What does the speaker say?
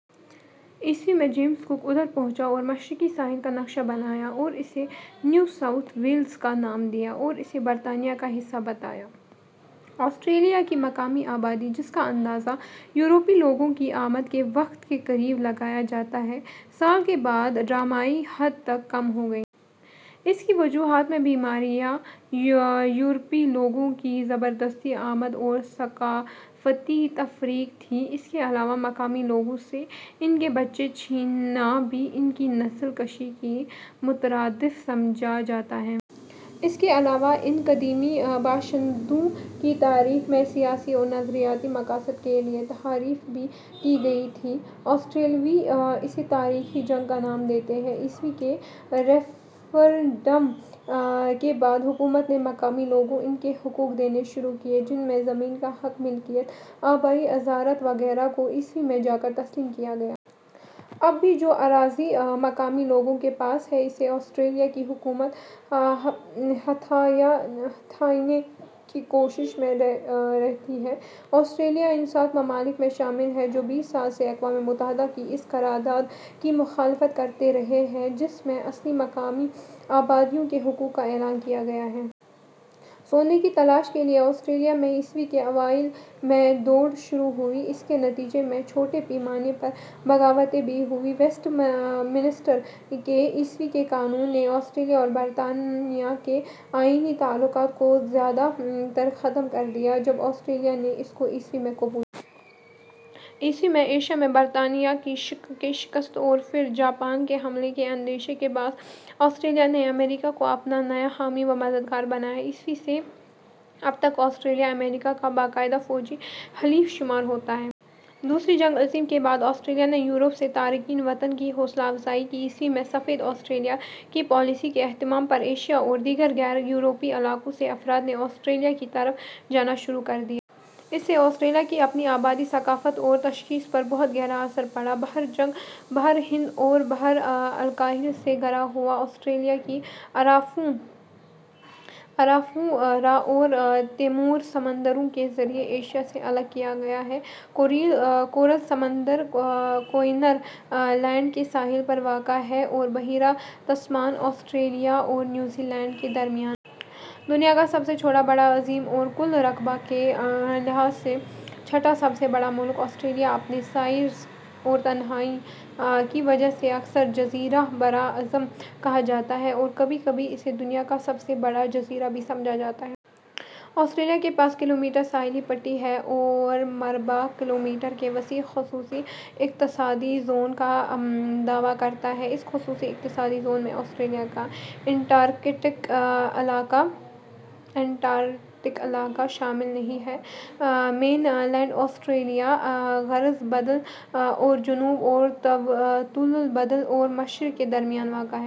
ء میں، James Cook ادھر پہنچا اور مشرقی ساحل کا نقشہ بنایا اور اسے نیو ساؤتھ ویلز کا نام دیا اور اسے برطانیہ کا حصہ بنایا۔ آسٹریلیا کی مقامی آبادی جس کا اندازہ یورپی لوگوں کی آمد کے وقت ، کے قریب لگایا جاتا ہے، سال کے بعد ڈرامائی حد تک کم ہو گئی۔ اس کی وجوہات میں بیماریاں، یورپی لوگوں کی زبردستی آمد اور ثقافتی تفریق تھیں۔ اس کے علاوہ مقامی لوگوں سے ان کے بچے چھیننا بھی ان کی نسل کشی کے مترادف سمجھاجاتا ہے۔ اس کے علاوہ ان قدیمی باشندوں کی تاریخ میں سیاسی اور نظریاتی مقاصد کے لیے تحاریف بھی کی گئی تھیں۔ آسٹریلوی اسے تاریخی جنگ کا نام دیتے ہیں۔ ء کے ریفرنڈم کے بعد، حکومت نے مقامی لوگوں ان کے حقوق دینے شروع کیے جن میں زمین کا حق ملکیت، آبائی اعزازات وغیرہ کو ء میں جا کر تسلیم کیا گیا۔ اب بھی جو اراضی مقامی لوگوں کے پاس ہے اسے آسٹریلیا کی حکومت ہتھیانے کی کوشش میں رہتی ہے۔ آسٹریلیا ان سات ممالک میں شامل ہے، جو بیس سال سے اقوام متحدہ کی اس قرارداد کی مخالفت کرتے رہے ہیں جس میں اصلی مقامی آبادیوں کے حقوق کا اعلان کیا گیا ہے۔ سونے کی تلاش کے لیے آسٹریلیا میں ء کے اوائل میں دوڑ شروع ہوئی۔ اس کے نتیجے میں چھوٹے پیمانے پر بغاوتیں بھی ہوئیں۔ ویسٹ منسٹر کے ء کے قانون نے آسٹریلیا اور برطانیہ کے آئینی تعلقات کو زیادہ تر ختم کر دیا جب آسٹریلیا نے اس کو ء میں قبول کیا۔ ء میں ایشیا میں برطانیہ کی شکست اور پھر جاپان کے حملے کے اندیشے کے باعث آسٹریلیا نے امریکا کو اپنا نیا حامی و مددگار بنایا۔ ء سے اب تک آسٹریلیا امریکا کا باقاعدہ فوجی حلیف شمار ہوتا ہے۔ دوسری جنگ عظیم کے بعد آسٹریلیا نے یورپ سے تارکین وطن کی حوصلہ افزائی کی۔ ء میں سفید آسٹریلیا کی پالیسی کے اختتام پر ایشیا اور دیگر غیر یورپی علاقوں سے افراد نے آسٹریلیا کی طرف جانا شروع کر دیا۔ اس سے آسٹریلیا کی اپنی آبادی، ثقافت اور تشخص پر بہت گہرا اثر پڑا۔ بحر ہند اور بحرالکاہل سے گھرا ہوا، آسٹریلیا کو ارافورا اور تیمور سمندروں کے ذریعے ایشیا سے الگ کیا گیا ہے، کورل سمندر کوئنز لینڈ کے ساحل پر واقع ہے اور بحیرہ تسمان آسٹریلیا اور نیوزی لینڈ کے درمیان واقع ہے۔ دنیا کا سب سے چھوٹا براعظم اور کل رقبہ کے لحاظ سے چھٹا سب سے بڑا ملک، آسٹریلیا اپنے سائز اور تنہائی کی وجہ سے اکثر "جزیرہ براعظم" کہا جاتا ہے اور کبھی کبھی اسے دنیا کا سب سے بڑا جزیرہ بھی سمجھا جاتا ہے۔ آسٹریلیا کے پاس کلومیٹر ساحلی پٹی ہے اور مربع کلومیٹر کے وسیع خصوصی اقتصادی زون کا دعویٰ کرتا ہے۔ اس خصوصی اقتصادی زون میں آسٹریلیا کا انٹارکٹک علاقہ شامل نہیں ہے۔ مین لینڈ آسٹریلیا عرض البلد اور جنوب اور طول البلد اور مشرق کے درمیان واقع ہے۔